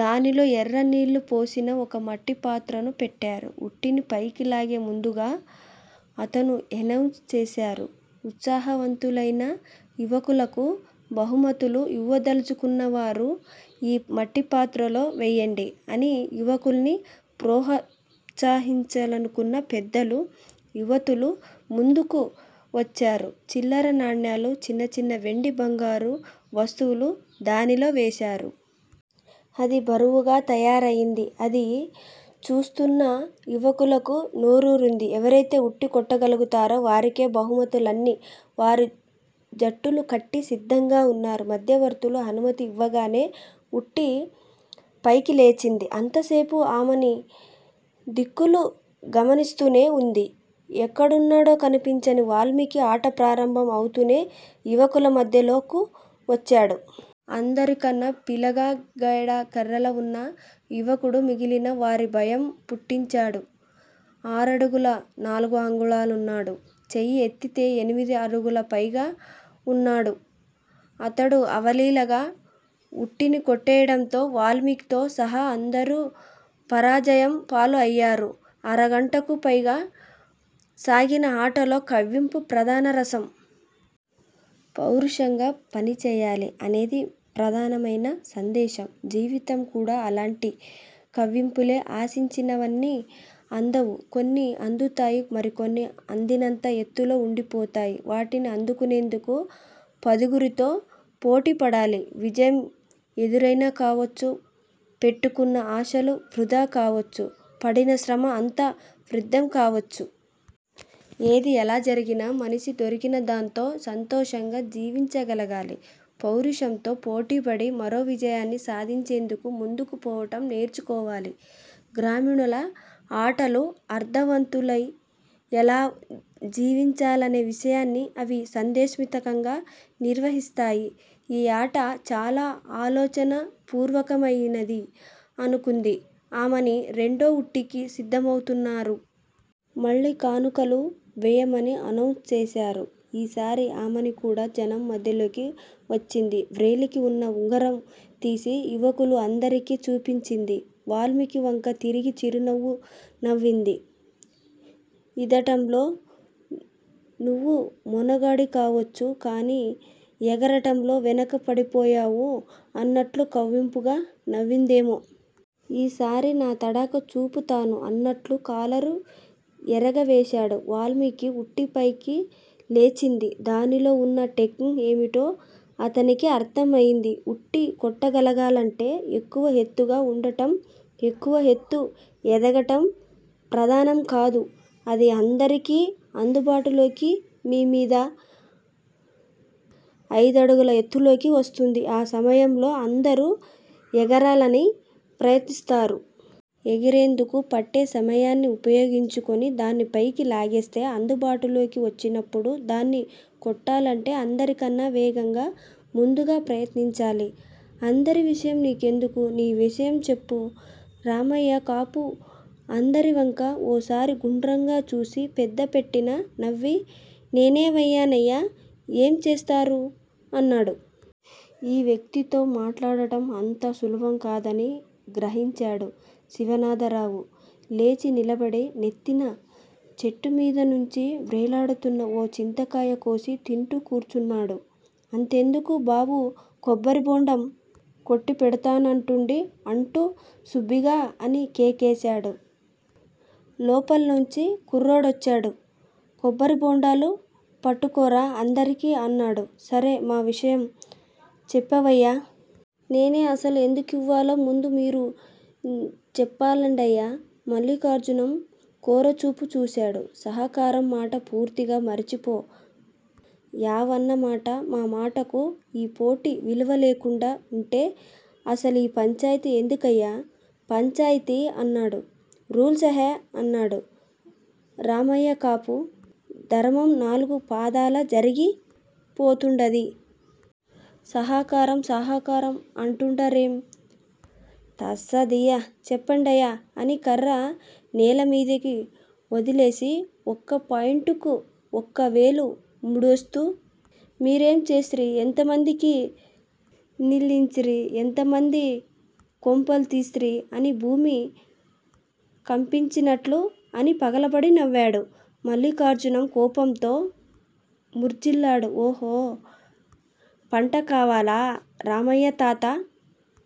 దానిలో ఎర్రనీళ్ళు పోసిన ఒక మట్టిపాత్రను పెట్టారు. ఉట్టిని పైకిలాగే ముందుగా అతను ఎనౌన్స్ చేశారు. ఉత్సాహవంతులయిన యువకులకు బహుమతులు ఇవ్వదలుచుకున్నవారు ఈ మట్టిపాత్రలో వేయండి! అని. యువకుల్ని ప్రోత్సహించాలనుకున్న పెద్దలు, యువతులు ముందుకు వచ్చారు. చిల్లర నాణాలు, చిన్నచిన్న వెండి, బంగారు వస్తువులు దానిలో వేశారు. అది బరువుగా తయారయింది. అది చూస్తున్న యువకులకు నోరూరింది. ఎవరైతే ఉట్టి కొట్టగలుగుతారో వారికే బహుమతులన్నీ. వారు జట్టులు కట్టి సిద్ధంగా వున్నారు. మధ్యవర్తులు అనుమతి ఇవ్వగానే ఉట్టి పైకిలేచింది. అంతసేపూ ఆమని దిక్కులు గమనిస్తూనే వుంది. ఎక్కడున్నాడో కన్పించని వాల్మీకి ఆట ప్రారంభం అవుతూనే యువకుల మధ్యలోకు వచ్చాడు. అందరికన్నా పీలగా గెడ కర్రలా వున్న యువకుడు మిగిలిన వారి భయం పుట్టించాడు. ఆరడుగుల నాలుగు అంగుళాలున్నాడు. చెయ్యి ఎత్తితే ఎనిమిది అడుగులు పైగా వున్నాడు. అతడు అవలీలగా ఉట్టిని కొట్టేయడంతో వాల్మీకితో సహా అందరూ పరాజయం పాలు అయ్యారు. అరగంటకు పైగా సాగిన ఆటలో కవ్వింపు ప్రధాన రసం! పౌరుషంగా పనిచేయాలి అనేది ప్రధానమయిన సందేశం! జీవితం కూడ అలాంటి కవ్వింపులే! ఆశించినవన్నీ అందవు. కొన్ని అందుతాయి. మరికొన్ని అందినంత ఎత్తులో ఉండిపోతాయి. వాటిని అందుకునేందుకు పదుగురితో పోటీపడాలి. విజయం ఎదురైనా కావచ్చు. పెట్టుకున్న ఆశలు వృధా కావచ్చు. పడిన శ్రమ అంతా వ్యర్ధం కావచ్చు. ఏది ఎలా జరిగినా మనిషి దొరికిన దాంతో సంతోషంగా జివించగలగాలి! పౌరుషంతో పోటీపడి మరో విజయాన్ని సాధించేందుకు ముందుకు పోవటం నేర్చుకోవాలి! గ్రామీణుల ఆటలు అర్ధవంతులై!! ఎలా జీవించాలనే విషయాన్ని అవి సందేశ్మితకంగా నిర్వహిస్తాయి. ఈ ఆట చాల ఆలోచనా పూర్వకమయినది అనుకుంది ఆమని!! రెండో ఉట్టికి సిద్ధమవుతున్నారు. మళ్ళీ కానుకలు వేయమని అనౌన్స్ చేశారు. ఈసారి ఆమని కూడా జనం మధ్యలోకి వచ్చింది. వ్రేలికి ఉన్న ఉంగరం తీసి యువకులు అందరికి చూపించింది. వాల్మీకి వంక తిరిగి చిరునవ్వు నవ్వింది. ఈదటంలో నువ్వు మొనగాడివేకావచ్చు. కాని ఎగరటంలో వెనుక పడిపోయావు అన్నట్లు కవ్వింపుగా నవ్విందేమో! ఈసారి నా తడాఖా చూపుతాను అన్నట్లు కాలర్ ఎరగవేశాడు వాల్మీకి! ఉట్టిపైకి లేచింది. దానిలో ఉన్న టెక్నిక్ ఏమిటో అతనికి అర్ధమయింది. ఉట్టి కొట్టగలగాలంటే ఎక్కువ ఎత్తుగా ఉండటం ఎక్కువ ఎత్తు ఎదగటం ప్రధానంకాదు. అది అందరికి అందుబాటులోకి మీమీద అయిదడుగుల ఎత్తులోకి వస్తుంది. ఆ సమయంలో అందరూ ఎగరాలని ప్రయత్నిస్తారు. ఎగిరేందుకు పట్టే సమయాన్ని ఉపయోగించుకుని దాన్ని పైకి లాగేస్తే అందుబాటులోకి వచ్చినప్పుడు దాన్ని కొట్టాలంటే అందరికన్నా వేగంగా ముందుగా ప్రయత్నించాలి! అందరివిషయం నీకెందుకు? నీ విషయం చెప్పు? రామయ్య కాపు అందరివంకా ఓసారి గుండ్రంగా చూసి, పెద్దపెట్టున నవ్వి 'నేనివ్వనయ్యా, ఏం చేస్తారు? ' అన్నాడు. ఈ వ్యక్తితో మాట్లాడటం అంత సులభంకాదని గ్రహించాడు శివనాథరావు. లేచినిలబడి నెత్తిన చెట్టుమీదనుంచి వ్రేలాడుతోన్న ఓ చింతకాయ కోసి తింటూ కూర్చున్నాడు. అతెందుకు బాబూ? కొబ్బరిబోండాం కొట్టిపెడతానుంటుండి అంటూ సుబ్బిగా అని కేకేశాడు. లోపలినుంచి కుర్రాడొచ్చాడు. కొబ్బరిబోండాలు పట్టుకోరా అందరికీ' అన్నాడు. సరే! మా విషయం చెప్పవయ్యా? నేనసలు ఎందుకివ్వాలో ముందు మీరు చెప్పలండయ్యా? మల్లిఖార్జునం కోరచూపు చూశాడు. 'సహకారం మాట పూర్తిగా మరిచిపో యావన్నమాట. మా మాటకు ఈ పోటి విలువలేకుండా వుంటే అసలీ పంచాయితీ ఎందుకయ్యా, పంచాయితీ? ' అన్నాడు. రూల్సెహే! అన్నాడు రామయ్యకాపు. 'దరమం నాలుగు పాదాలా జరిగి పోతుండాది. సహకారం సహకారం అంటుండారేం. తస్సదియ్యా చెప్పండయ్యా? అని కర్ర నేలమీదికి ఒదిలేసి ఒక్కపాయింటుకూ ఒక్క వేలు ముడుస్తూ 'మీరేం చేస్తిరీ, ఎంతమందికి నీళ్ళిచ్చిరీ, ఎంతమంది కొంపల్దీసిరీ' అని భూమి కంపించినట్లు అని పగలబడి నవ్వాడు. మల్లిఖార్జునం కోపంతో మూర్జిల్లాడు. ఓహో, పంటకావాల? రామయ్యతాత